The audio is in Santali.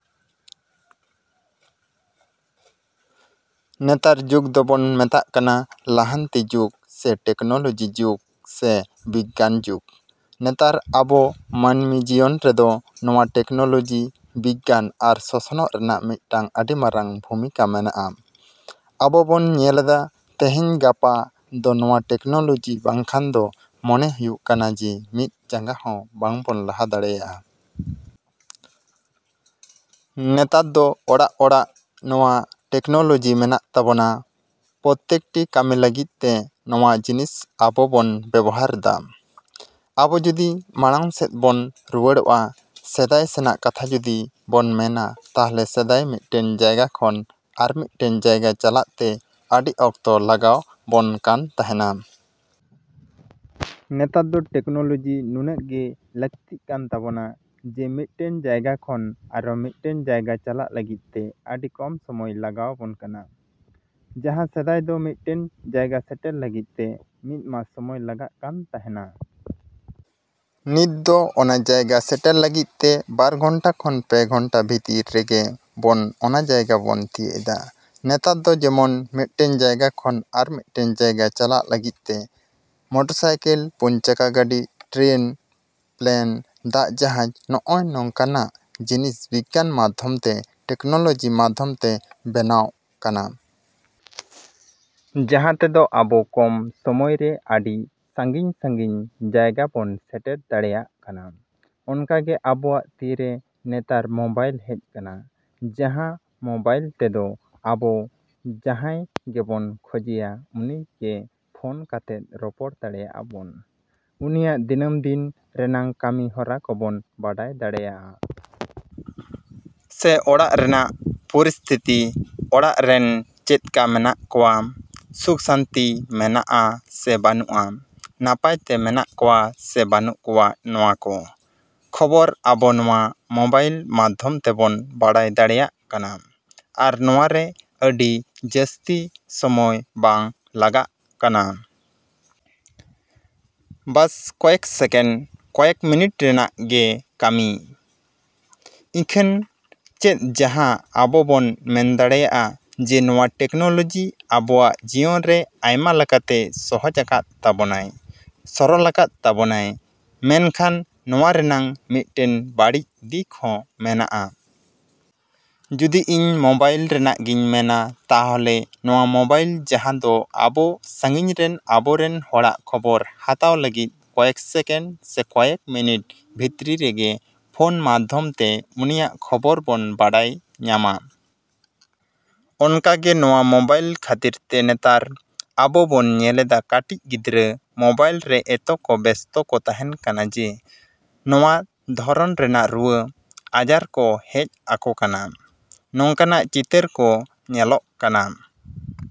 ᱱᱮᱛᱟᱨᱟᱜ ᱡᱩᱜᱽ ᱫᱚᱵᱚᱱ ᱢᱮᱛᱟᱜ ᱠᱟᱱᱟ ᱞᱟᱦᱟᱱᱛᱤ ᱡᱩᱜᱽ ᱥᱮ ᱴᱮᱠᱱᱳᱞᱳᱡᱤ ᱡᱩᱜᱽ ᱥᱮ ᱵᱤᱜᱽᱜᱟᱱ ᱡᱩᱜᱽ᱾ ᱱᱮᱛᱟᱨ ᱟᱵᱚ ᱢᱟᱹᱱᱢᱤ ᱡᱤᱭᱚᱱ ᱨᱮᱫᱚ ᱱᱚᱣᱟ ᱴᱮᱠᱱᱳᱞᱳᱡᱤ, ᱵᱤᱜᱽᱜᱟᱱ ᱟᱨ ᱥᱚᱥᱱᱚᱜ ᱨᱮᱱᱟᱜ ᱢᱤᱫᱴᱟᱝ ᱟᱹᱰᱤ ᱢᱟᱨᱟᱝ ᱵᱷᱩᱢᱤᱠᱟ ᱢᱮᱱᱟᱜᱼᱟ᱾ ᱟᱵᱚ ᱵᱚᱱ ᱧᱮᱞ ᱫᱟ ᱛᱮᱦᱮᱧ ᱜᱟᱯᱟ ᱫᱚ ᱱᱚᱣᱟ ᱴᱮᱠᱱᱳᱞᱳᱡᱤ ᱵᱟᱝᱠᱷᱟᱱ ᱫᱚ ᱢᱚᱱᱮ ᱦᱩᱭᱩᱜ ᱠᱟᱱᱟ ᱡᱮ ᱢᱤᱫ ᱡᱟᱸᱜᱟ ᱦᱚᱸ ᱵᱟᱵᱚᱱ ᱞᱟᱦᱟ ᱫᱟᱲᱮᱭᱟᱜᱼᱟ᱾ ᱱᱮᱛᱟᱨ ᱫᱚ ᱚᱲᱟᱜᱼᱚᱲᱟᱜ ᱨᱮ ᱱᱚᱣᱟ ᱴᱮᱠᱱᱳᱞᱳᱡᱤ ᱢᱮᱱᱟᱜ ᱛᱟᱵᱚᱱᱟ᱾ ᱯᱨᱚᱛᱮᱠᱴᱤ ᱠᱟᱹᱢᱤ ᱞᱟᱹᱜᱤᱫ ᱛᱮ ᱱᱚᱣᱟ ᱡᱤᱱᱤᱥ ᱟᱵᱚ ᱵᱚᱱ ᱵᱮᱵᱚᱦᱟᱨ ᱫᱟ᱾ ᱟᱵᱚ ᱡᱩᱫᱤ ᱢᱟᱲᱟᱝ ᱥᱮᱫ ᱵᱚᱱ ᱨᱩᱣᱟᱹᱲᱚᱜᱼᱟ, ᱥᱮᱫᱟᱭ ᱥᱮᱱᱟᱜ ᱠᱟᱛᱷᱟ ᱡᱩᱫᱤ ᱵᱚᱱ ᱢᱮᱱᱟ ᱛᱟᱦᱚᱞᱮ ᱥᱮᱫᱟᱭ ᱢᱤᱫᱴᱮᱱ ᱡᱟᱭᱜᱟ ᱠᱷᱚᱱ ᱟᱨ ᱢᱤᱫᱴᱮᱱ ᱡᱟᱭᱜᱟ ᱪᱟᱞᱟᱜ ᱛᱮ ᱟᱹᱰᱤ ᱚᱠᱛᱚ ᱞᱟᱜᱟᱣ ᱵᱚᱱ ᱠᱟᱱ ᱛᱟᱦᱮᱸᱱᱟ᱾ ᱱᱮᱛᱟᱨ ᱫᱚ ᱴᱮᱠᱱᱳᱞᱳᱡᱤ ᱱᱩᱱᱟᱹᱜ ᱜᱮ ᱞᱟᱹᱠᱛᱤ ᱠᱟᱱ ᱛᱟᱵᱚᱱᱟ, ᱡᱮ ᱢᱤᱫᱴᱮᱱ ᱡᱟᱭᱜᱟ ᱠᱷᱚᱱ ᱟᱨᱚ ᱢᱤᱫᱴᱮᱱ ᱡᱟᱭᱜᱟ ᱪᱟᱞᱟᱜ ᱞᱟᱹᱜᱤᱫ ᱛᱮ ᱟᱹᱰᱤ ᱠᱚᱢ ᱥᱚᱢᱚᱭ ᱞᱟᱜᱟᱣ ᱵᱚᱱ ᱠᱟᱱᱟ᱾ ᱡᱟᱦᱟᱸ ᱥᱮᱫᱟᱭ ᱫᱚ ᱢᱤᱫᱴᱮᱱ ᱡᱟᱭᱜᱟ ᱥᱮᱴᱮᱨ ᱞᱟᱹᱜᱤᱫ ᱛᱮ ᱢᱤᱫ ᱢᱟᱥ ᱥᱚᱢᱚᱭ ᱞᱟᱜᱟᱜ ᱠᱟᱱ ᱛᱟᱦᱮᱱᱟ᱾ ᱱᱤᱛ ᱫᱚ ᱚᱱᱟ ᱡᱟᱭᱜᱟ ᱥᱮᱴᱮᱨ ᱞᱟᱹᱜᱤᱫ ᱛᱮ ᱵᱟᱨ ᱜᱷᱚᱱᱴᱟ ᱠᱷᱚᱱ ᱯᱮ ᱜᱷᱚᱱᱴᱟ ᱵᱷᱤᱛᱤᱨ ᱨᱮᱜᱮ ᱵᱚᱱ ᱚᱱᱟ ᱡᱟᱭᱜᱟ ᱵᱚᱱ ᱛᱤᱭᱟᱹᱜ ᱮᱫᱟ᱾ ᱱᱮᱛᱟᱨ ᱫᱚ ᱡᱮᱢᱚᱱ ᱢᱤᱫᱴᱮᱱ ᱡᱟᱭᱜᱟ ᱠᱷᱚᱱ ᱟᱨ ᱢᱤᱫᱴᱮᱱ ᱡᱟᱭᱜᱟ ᱪᱟᱞᱟᱜ ᱞᱟᱹᱜᱤᱫ ᱛᱮ ᱢᱚᱴᱚᱨ ᱥᱟᱭᱠᱮᱞ, ᱯᱩᱱ ᱪᱟᱠᱟ ᱜᱟᱹᱰᱤ, ᱴᱨᱮᱱ, ᱯᱞᱮᱱ, ᱫᱟᱜ ᱡᱟᱦᱟᱡᱽ ᱱᱚᱜᱼᱚ ᱱᱚᱝ ᱠᱟᱱᱟᱜ ᱡᱤᱱᱤᱥ ᱵᱤᱜᱽᱜᱟᱱ ᱢᱟᱫᱽᱫᱷᱚᱢ ᱛᱮ, ᱴᱮᱠᱱᱳᱞᱳᱡᱤ ᱢᱟᱫᱽᱫᱷᱚᱢ ᱛᱮ ᱵᱮᱱᱟᱣ ᱠᱟᱱᱟ᱾ ᱡᱟᱦᱟᱸ ᱛᱮᱫᱚ ᱟᱵᱚ ᱠᱚᱢ ᱥᱚᱢᱚᱭ ᱨᱮ ᱟᱰᱤ ᱥᱟᱺᱜᱤᱧᱼᱥᱟᱺᱜᱤᱧ ᱡᱟᱭᱜᱟ ᱵᱚᱱ ᱥᱮᱴᱮᱨ ᱫᱟᱲᱮᱭᱟᱜ ᱠᱟᱱᱟ᱾ ᱚᱱᱠᱟᱜᱮ ᱟᱵᱚᱣᱟᱜ ᱛᱤᱨᱮ ᱱᱮᱛᱟᱨ ᱢᱳᱵᱟᱭᱤᱞ ᱦᱮᱡ ᱠᱟᱱᱟ ᱡᱟᱦᱟᱸ ᱢᱳᱵᱟᱭᱤᱞ ᱛᱮ ᱫᱚ ᱟᱵᱚ ᱡᱟᱦᱟᱸᱭ ᱜᱮᱵᱚᱱ ᱠᱷᱚᱡᱮᱭᱟ ᱩᱱᱤᱜᱮ ᱯᱷᱳᱱ ᱠᱟᱛᱮᱫ ᱨᱚᱯᱚᱲ ᱫᱟᱲᱮᱭᱟᱜᱼᱟ ᱵᱚᱱ, ᱩᱱᱤᱭᱟᱜ ᱫᱤᱱᱟᱹᱢ ᱫᱤᱱ ᱨᱮᱱᱟᱜ ᱠᱟᱹᱢᱤ ᱦᱚᱨᱟ ᱠᱚᱵᱚᱱ ᱵᱟᱰᱟᱭ ᱫᱟᱲᱮᱭᱟᱜᱼᱟ᱾ ᱥᱮ ᱚᱲᱟᱜ ᱨᱮᱱᱟᱜ ᱯᱚᱨᱤᱥᱛᱷᱤᱛᱤ, ᱚᱲᱟᱜ ᱨᱮᱱ ᱪᱮᱫᱠᱟ ᱢᱮᱱᱟᱜ ᱠᱚᱣᱟ, ᱥᱩᱠᱼᱥᱟᱹᱱᱛᱤ ᱢᱮᱱᱟᱜᱼᱟ ᱥᱮ ᱵᱟᱹᱱᱩᱜᱼᱟ, ᱱᱟᱯᱟᱭ ᱛᱮ ᱢᱮᱱᱟᱜ ᱠᱚᱣᱟ ᱥᱮ ᱵᱟᱹᱱᱩᱜ ᱠᱚᱣᱟ ᱱᱚᱣᱟ ᱠᱚ, ᱠᱷᱚᱵᱚᱨ ᱟᱵᱚ ᱱᱚᱣᱟ ᱢᱳᱵᱟᱭᱤᱞ ᱢᱟᱫᱽᱫᱷᱚᱢ ᱛᱮᱵᱚᱱ ᱵᱟᱰᱟᱭ ᱫᱟᱲᱮᱭᱟᱜ ᱠᱟᱱᱟ᱾ ᱟᱨ ᱱᱚᱣᱟ ᱨᱮ ᱟᱹᱰᱤ ᱡᱟᱹᱥᱛᱤ ᱥᱚᱢᱚᱭ ᱵᱟᱝ ᱞᱟᱜᱟᱜᱼᱠᱟᱱᱟ᱾ ᱵᱟᱥ ᱠᱚᱭᱮᱠ ᱥᱮᱠᱮᱱᱰ, ᱠᱚᱭᱮᱠ ᱢᱤᱱᱤᱴ ᱨᱮᱱᱟᱜ ᱜᱮ ᱠᱟᱹᱢᱤ᱾ ᱤᱠᱷᱟᱹᱱ ᱪᱮᱫ ᱡᱟᱦᱟᱸ ᱟᱵᱚ ᱵᱚᱱ ᱢᱮᱱ ᱫᱟᱲᱮᱭᱟᱜᱼᱟ ᱡᱮ ᱱᱚᱣᱟ ᱴᱮᱠᱱᱳᱞᱳᱡᱤ ᱟᱵᱚᱣᱟᱜ ᱡᱤᱭᱚᱱ ᱨᱮ ᱟᱭᱢᱟ ᱞᱮᱠᱟᱛᱮ ᱥᱚᱦᱚᱡᱽ ᱟᱠᱟᱫ ᱛᱟᱵᱚᱱᱟᱭ, ᱥᱚᱨᱚᱞ ᱟᱠᱟᱫ ᱛᱟᱵᱚᱱᱟᱭ᱾ ᱢᱮᱱᱠᱷᱟᱱ ᱱᱚᱣᱟ ᱨᱮᱱᱟᱜ ᱢᱤᱫᱴᱮᱱ ᱵᱟᱹᱲᱤᱡ ᱫᱤᱠ ᱦᱚᱸ ᱢᱮᱱᱟᱜᱼᱟ᱾ ᱡᱩᱫᱤ ᱤᱧ ᱢᱳᱵᱟᱭᱤᱞ ᱨᱮᱱᱟᱜ ᱜᱤᱧ ᱢᱮᱱᱟ ᱛᱟᱦᱚᱞᱮ ᱱᱚᱣᱟ ᱢᱳᱵᱟᱭᱤᱞ ᱡᱟᱦᱟᱸ ᱫᱚ ᱟᱵᱚ ᱥᱟᱺᱜᱤᱧ ᱨᱮᱱ ᱟᱵᱚ ᱨᱮᱱ ᱦᱚᱲᱟᱜ ᱠᱷᱚᱵᱚᱨ ᱦᱟᱛᱟᱣ ᱞᱟᱹᱜᱤᱫ ᱠᱚᱭᱮᱠ ᱥᱮᱠᱮᱱᱰ ᱥᱮ ᱠᱚᱭᱮᱠ ᱢᱤᱱᱤᱴ ᱵᱷᱤᱛᱨᱤ ᱨᱮᱜᱮ ᱯᱷᱳᱱ ᱢᱟᱫᱽᱫᱷᱚᱢ ᱛᱮ ᱩᱱᱤᱭᱟᱜ ᱠᱷᱚᱵᱚᱨ ᱵᱚᱱ ᱵᱟᱰᱟᱭ ᱧᱟᱢᱟ᱾ ᱚᱱᱠᱟᱜᱮ ᱱᱚᱣᱟ ᱢᱳᱵᱟᱭᱤᱞ ᱠᱷᱟᱹᱛᱤᱨ ᱛᱮ ᱱᱮᱛᱟᱨ, ᱟᱵᱚ ᱵᱚᱱ ᱧᱮᱞᱮᱫᱟ ᱠᱟᱹᱴᱤᱡ ᱜᱤᱫᱽᱨᱟᱹ ᱢᱳᱵᱟᱭᱤᱞ ᱨᱮ ᱮᱛᱚ ᱠᱚ ᱵᱮᱥᱛᱚ ᱠᱚ ᱛᱟᱦᱮᱸᱱ ᱠᱟᱱᱟ ᱡᱮ, ᱱᱚᱣᱟ ᱫᱷᱚᱨᱚᱱ ᱨᱮᱱᱟᱜ ᱨᱩᱣᱟᱹ, ᱟᱡᱟᱨ ᱠᱚ ᱦᱮᱡ ᱟᱠᱚ ᱠᱟᱱᱟ᱾ ᱱᱚᱝᱠᱟᱱᱟᱜ ᱪᱤᱛᱟᱹᱨ ᱠᱚ ᱧᱮᱞᱚᱜ ᱠᱟᱱᱟ᱾